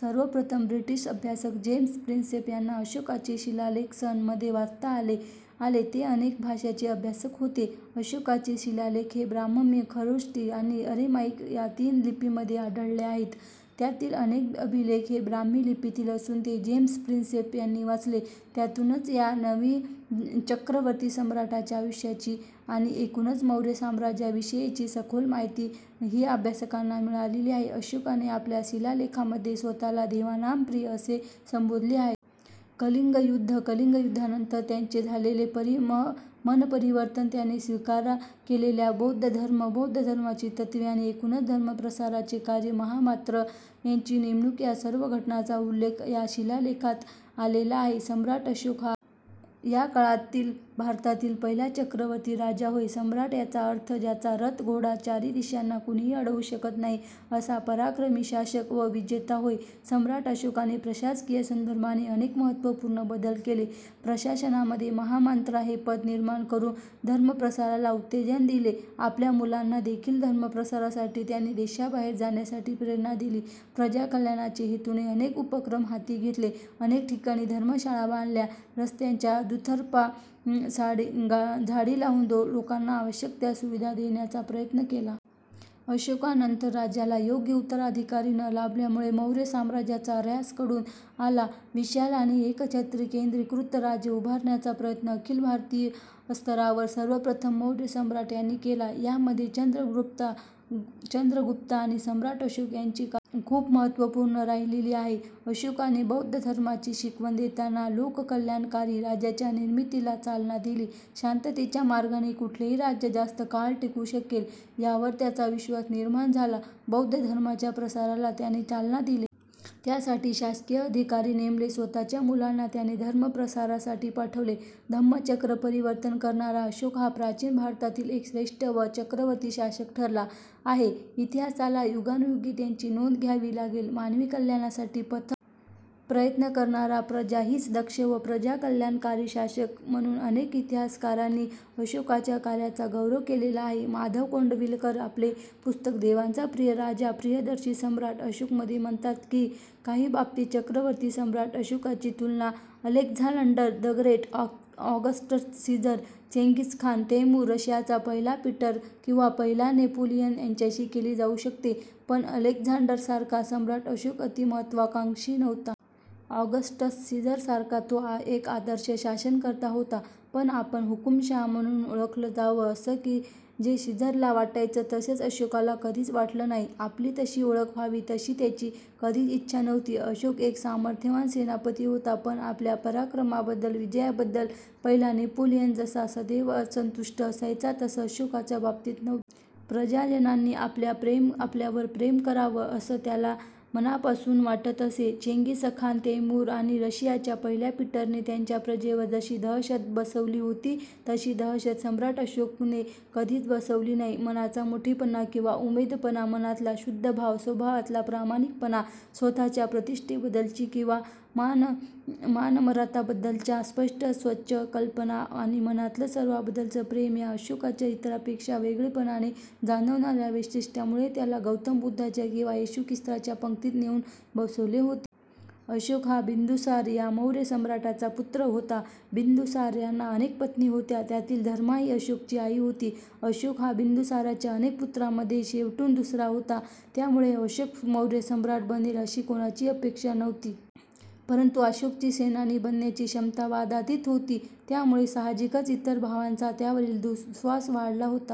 सर्वप्रथम ब्रिटिश अभ्यासक James Prinsep यांना अशोकाचे शिलालेख सन मध्ये वाचता आले. ते अनेक भाषांचे अभ्यासक होते. अशोकाचे शिलालेख हे ब्राह्ममी, खरोष्टी आणि अरेमाइक या तीन लिपींमध्ये आढळलेले आहेत. त्यातील अनेक अभिलेख हे ब्राम्ही लिपीतील असून ते जेम्स प्रिन्सेप यांनी वाचले, त्यातूनच या चक्रवर्ती सम्राटाच्या आयुष्याची आणि एकूणच मौर्य साम्राज्या विषयीची सखोल माहिती हीअभ्यासकांना मिळालेली आहे अशोकाने आपल्या शिलालेखामध्ये स्वतःला 'देवानाम प्रिय' असे संबोधले आहे. कलिंग युद्ध कलिंग युद्धानंतर त्याचे झालेले मनपरिवर्तन, त्याने स्वीकार केलेल्या बौद्ध धर्म, बौद्ध धर्माची तत्त्वे आणि एकूणच धर्मप्रसाराचे कार्य महामात्र यांची नेमणूक या सर्व घटनांचा उल्लेख हा शिलालेखात आलेला आहे. सम्राट अशोक हा या काळातील भारतातील पहिला चक्रवर्ती राजा होय सम्राट याचा अर्थ ज्याचा रथ घोडा चारी दिशांना कुणीही अडवू शकत नाही असा पराक्रमी शासक व विजेता होय सम्राट अशोकाने प्रशासकीय संदर्भाने अनेक महत्त्वपूर्ण बदल केले प्रशासनामध्ये महामांत्रा हे पद निर्माण करून धर्मप्रसाराला उत्तेजन दिले आपल्या मुलांनादेखील धर्मप्रसारासाठी त्यांनी देशाबाहेर जाण्यासाठी प्रेरणा दिली प्रजा कल्याणाचे हेतूने अनेक उपक्रम हाती घेतले अनेक ठिकाणी धर्मशाळा बांधल्या रस्त्याच्या दुतर्फा झाडी लावून लोकांना आवश्यक त्या सुविधा देण्याचा प्रयत्न केला. अशोकानंतर राज्याला योग्य उत्तराधिकारी न लाभल्यामुळे मौर्य साम्राज्याचा ऱ्हास घडून आला विशाल आणि एकछत्री केंद्रीकृत राज्य उभारण्याचा प्रयत्न अखिल भारतीय स्तरावर सर्वप्रथम मौर्य सम्राट यांनी केला यामध्ये चंद्रगुप्त आणि सम्राट अशोक यांची कार्य खूप महत्त्वपूर्ण राहिलेली आहे अशोकाने बौद्ध धर्माची शिकवण देताना लोककल्याणकारी राज्याच्या निर्मितीला चालना दिली शांततेच्या मार्गाने कुठलेही राज्य जास्त काळ टिकू शकेल यावर त्याचा विश्वास निर्माण झाला बौद्ध धर्माच्या प्रसाराला त्याने चालना दिले त्यासाठी शासकीय अधिकारी नेमले स्वतःच्या मुलांना त्याने धर्म प्रसारासाठी पाठवले धम्मचक्र परिवर्तन करणारा अशोक हा प्राचीन भारतातील एक श्रेष्ठ व चक्रवर्ती शासक ठरला आहे इतिहासाला युगानुयुगे त्याची नोंद घ्यावी लागेल मानवी कल्याणासाठी पथक प्रयत्न करणारा प्रजा हीच दक्ष व प्रजा कल्याणकारी शासक म्हणून अनेक इतिहासकारांनी अशोकाच्या कार्याचा गौरव केलेला आहे माधव कोंडविलकर आपले पुस्तक 'देवांचा प्रिय राजा प्रियदर्शी सम्राट अशोक' मध्ये म्हणतात की, ''काही बाबतीत चक्रवर्ती सम्राट अशोकांची तुलना, Alexander the Great, Augustus Caesar, Genghis Khan, Timur, रशियाचा पहिला पीटर किंवा पहिला नेपोलियन यांच्याशी केली जाऊ शकते; पण अलेक्झांडरसारखा सम्राट् अशोक अति-महत्त्वाकांक्षी नव्हता. ऑगस्टस सीझरसारखा तो एक आदर्श शासनकर्ता होता; पण आपण हुकूमशहा म्हणून ओळखलं जावं असं जे सीझरला वाटायचं तसं अशोकाला कधीच वाटलं नाही. आपली तशी ओळख व्हावी अशी त्याची कधीच इच्छा नव्हती. अशोक एक सामर्थ्यवान सेनापती होता; पण आपल्या पराक्रमाबद्दल, विजयाबद्दल पहिला नेपोलियन जसा सदैव असंतुष्ट असायचा तसं अशोकाचा बाबतीत नव्हतं. प्रजाजनांनी आपल्यावर प्रेम करावं, असं त्याला मनापासून वाटत असे. चेंगीसखान, तैमूर आणि रशियाच्या पहिल्या पीटरने त्यांच्या प्रजेवर जशी दहशत बसवली होती, तशी दहशत सम्राट अशोकने कधीच बसवली नाही. मनाचा मोठेपणा किंवा उमदेपणा, मनातला शुद्ध भाव, स्वभावातला प्रामाणिकपणा, स्वतःच्या प्रतिष्ठेबद्दलची किंवा मानमरातबाबद्दलच्या स्पष्ट स्वच्छ कल्पना आणि मनातलं सर्वांबद्दलचं प्रेम या अशोकाच्या, इतरांपेक्षा वेगळेपणाने जाणवणाऱ्या वैशिष्ट्यांमुळे त्याला गौतम बुद्धांच्या किंवा येशू ख्रिस्ताच्या पंक्तीत नेऊन बसवले होते. '' अशोक हा बिंदुसार या मौर्य सम्राटाचा पुत्र होता. बिंदुसार यांना अनेक पत्नी होत्या, त्यातील धर्मा ही अशोकची आई होती. अशोक हा बिंदुसाराच्या अनेक पुत्रांमध्ये शेवटून दुसरा होता. त्यामुळे अशोक मौर्य सम्राट बनेल अशी कोणाची अपेक्षा नव्हती. परंतु अशोकची सेनानी बनण्याची क्षमता वादातीत होती. त्यामुळे साहजिकच इतर भावांचा त्यावरील दुःस्वास वाढला होता.